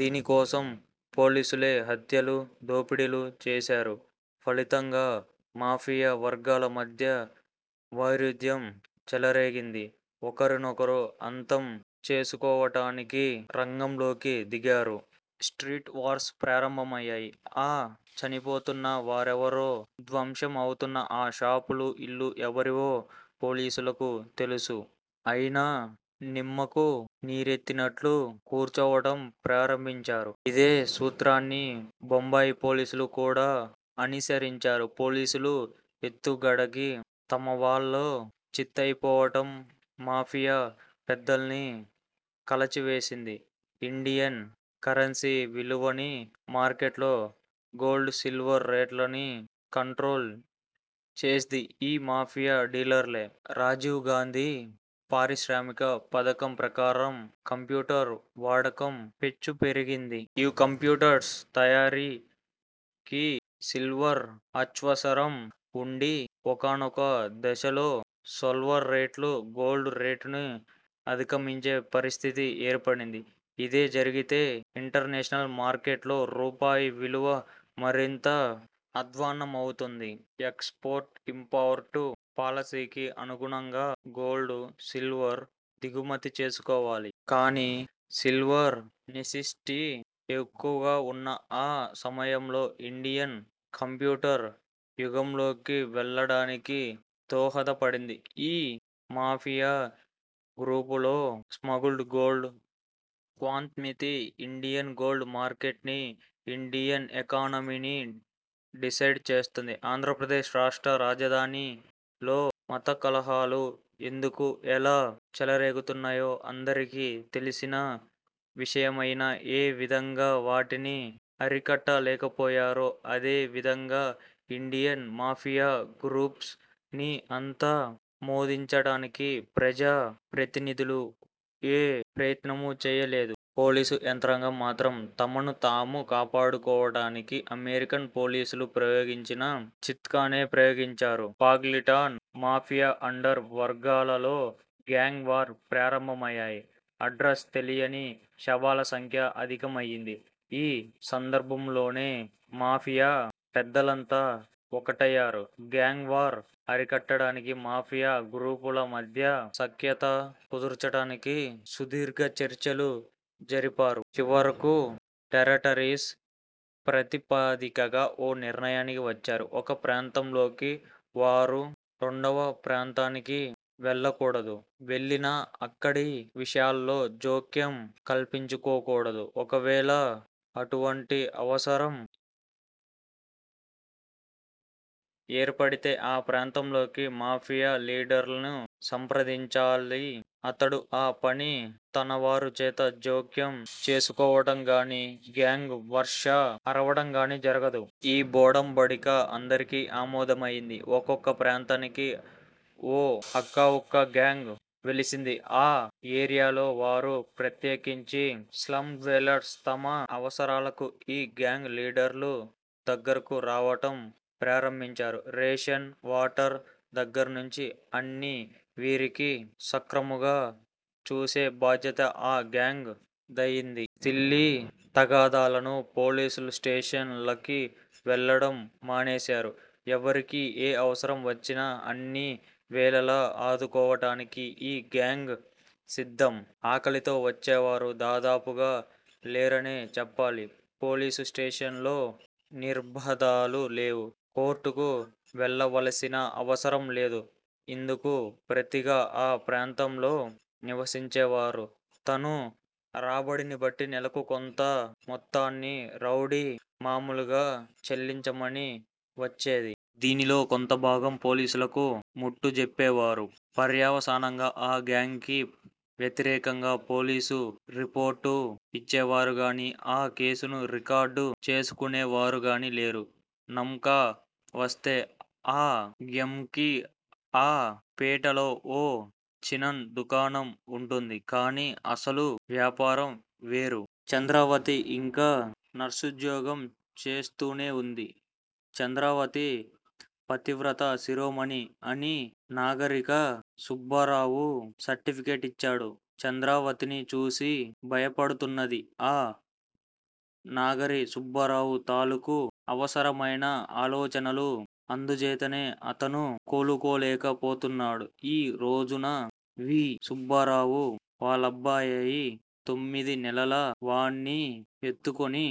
దీని కోసం పోలీసులే హత్యలు, దోపిడీలు, చేశారు. ఫలితంగా మాఫియ వర్గాల మధ్య వైరుధ్యం చె లరేగింది. ఒకర్నొకరు అంతం చేసుకోవడానికిరంగంలోకి దిగారు. స్ట్రీట్ వార్స్ ప్రారంభమయ్యాయి. ఆ చనిపోతున్న వారెవరో ధ్వంశం అవుతున్న ఆ షాపులు, ఇల్లు, ఎవరివో పోలీసులకి తెలుసు. అయినా నిమ్మకు నీరెత్తినట్లు కూర్చోవడం ప్రారంభించారు. ఇదే సూత్రాన్ని బొంబాయి ఫోలీసులు కూడా అనిసరించారు. పోలీసుల ఎత్తుగడకి తమవాళ్ళు చిత్తయిపోవడం మాఫియా పెద్దల్ని కలచివేసింది. ఇండియన్ కరెన్సీ విలువని, మార్కెట్లో గోల్డ్ సిల్వర్ రేటుని కంట్రోల్ చేస్ది ఈ మాఫియా లీడర్లె! రాజీవ్ గాందీ పారిశ్రామిక పథకం ప్రకారం కంప్యూటర్స్ వాడకం పెచ్చుపెరిగింది. ఈ కంప్యూటర్స్ తయారీకి సిల్వర్ అచ్వసరం వుండి. ఒకానొక దశలో సోల్వర్ రేటు గోల్డు రేటుని అధికమించే పరిష్టితి ఏర్పడింది. ఇదే జరిగితే ఇంటర్నేషనల్స్ మార్కెట్ లో రూపాయి విలువ మరింత అద్వాన్నమవుతుమ్ది. ఎక్స్ పోర్ట్ ఇమ్పావుర్టు పాలసీకి అనుగుణంగా గోల్డు, సిల్వర్ దిగుమతి చేసుకోవాలి. కాని సిల్వర్ నెస్సిసటీ ఎక్కువుగా వున్నా అ సమయంలో ఇండియన్ కంప్యూటర్స్ యుగంలోకి వెళ్ళాడానికి దోహదపడింది. ఈ మాఫియ గ్రూపులే! Smuggled gold quantity Indian gold market ని ఇండియన్ ఎకానమీని డిసైడ్ చేస్తంది!! ఆంద్రప్రదేశ్ రాష్ట్రా రాజధానిలో మతకలహాలు ఎందుకు, ఎలా చెలరేగుతున్నాయో అందరీకి తెలిసిన విషయమయినా ఏ విధంగా వాటిని అరికట్ట లేకపోతున్నారో అదే విధంగా ఇండియన్ మాఫియా గ్రూప్స్ ని అంత మోదించడానికి ప్రజా ప్రతినిధులు ఏ ప్రయత్నమూ చేయడంలేదు. పోలీస్ యంత్రాంగం మాత్రం తనను తము కాపాడుకోవడానికి అమెరికన్ పోలీసులు ప్రయోగించిన చిత్కానే ప్రయోగించారు. ఫ్గాలిటంగా మాఫియా అండర్ వరల్డు లో గ్యాంగ్ వార్స్ ప్రారంభమయ్యాయి. అడ్రస్ తెలియని శవాల సంఖ్య అధికమయింది. ఈ సందర్బంములోనే మాఫియా పెద్దలంతా ఒకటయ్యారు. గ్యాంగ్ వార్స్ అరికట్టడానికి మాఫియా గ్రూపుల మధ్య సఖ్యత కుదర్చడానికి సుదీర్ఘ చర్చలు జరిపారు. చివరకు టేరటరీస్ ప్రాతిపదికగా ఓ నిర్ణయానికి వచ్చారు. ఒక ప్రాంతంలోకి వారు రెండవ ప్రాంతానికి వెళ్ళకూడదు వెళ్ళినా అక్కడి విశాలలో జైక్యం కల్పించుకోకూడదు. ఒకవేళ అటువంటి అవసరం ఏర్పడితే ఆ ప్రాంతంలోకి మాఫియ లీదర్నీ సంప్రదించాలి అతడు ఆ పని తనవారి చేత జైక్యం చేసుకోవడంగాని, గ్యాంగ్ వర్ష అరవడంగాని జరగదు. ఈ ఒడంబడిక అందరికి అమోదమయింది. ఒక్కొక్క ప్రాంతానికి ఒఅక్కావుక్క గ్యాంగ్ వెలిసింది. అ ఏరియాలోని వారు ప్రత్యేకించి స్లమ్ డ్వేలర్స్ తమ అవసరాలకు ఈ గ్యాంగ్ లీడర్ల దగ్గరకు రావడం ప్రారంభించారు. రేషన్, వాటర్ దగ్గర్నుంచీ అన్నీ వీరికి సక్రమగా చూసే బాధ్యత ఈ గ్యాంగ్ దయింది. సిల్లీ తగాదాలను పోలీసు స్టేషన్ లకి వెళ్ళడం మానేశారు. ఎవరికీ ఏ అవసరం వచ్చినా అన్ని వేళలా ఆదుకోవడానికి ఈ గ్యాంగ్ సిద్దం! ఆకలితో చచ్చేవారు దాదాపుగా లేరనే చెప్పాలి. పోలీసు స్టేషన్ లో నిర్భంధాలు లేవు. కోర్టుకి వెళ్లవలసిన అవసరం లేదు. ఇందుకు ప్రతిగా ఆ ప్రాంతంలో నివసించేవారు తను రాబడినిబట్టి నేలకు కొంత మొత్తాన్ని రౌడీ మాములుగా చెల్లించమని వచ్చేది. దీనిలో కొంతభాగం పోలీసులకు ముట్టజెప్పావారు. పర్యవసానంగా అ గ్యాంగ్ కి వ్యతిరేకంగా పోలీసు రిపోర్టు యిచ్చేవారుగాని, ఆ కేసుని రికార్డు చేసుకునేవారుగాని లేరు. నం కా వస్తే ఆ గ్యమ్గు కి ఆ పేటలో ఓ చినన్ దుకాణం వుంటుంది. కాని అసలు వ్యాపారం వేరు. చంద్రావతి యింకా నర్సుద్యోగం చేస్తూనేవుంది. చంద్రావతి పతివ్రతా శిరోమణి అని నాగరిక సుబ్బారావు సర్టిఫికెటిచ్చేడు. చంద్రావతిని చూసి భయపడుతున్నది ఆ నాగరికి సుబ్బారావు తాలూకు అవసరమైన ఆలోచనలు. అందుచేతనే అతను కోలుకోలేక పోతున్నాడు. ఈ రోజున- వి. సుబ్బారావు వాళ్ళబ్బాయి తొమ్మిది నెలల వాణ్ణి యెత్తుకుని.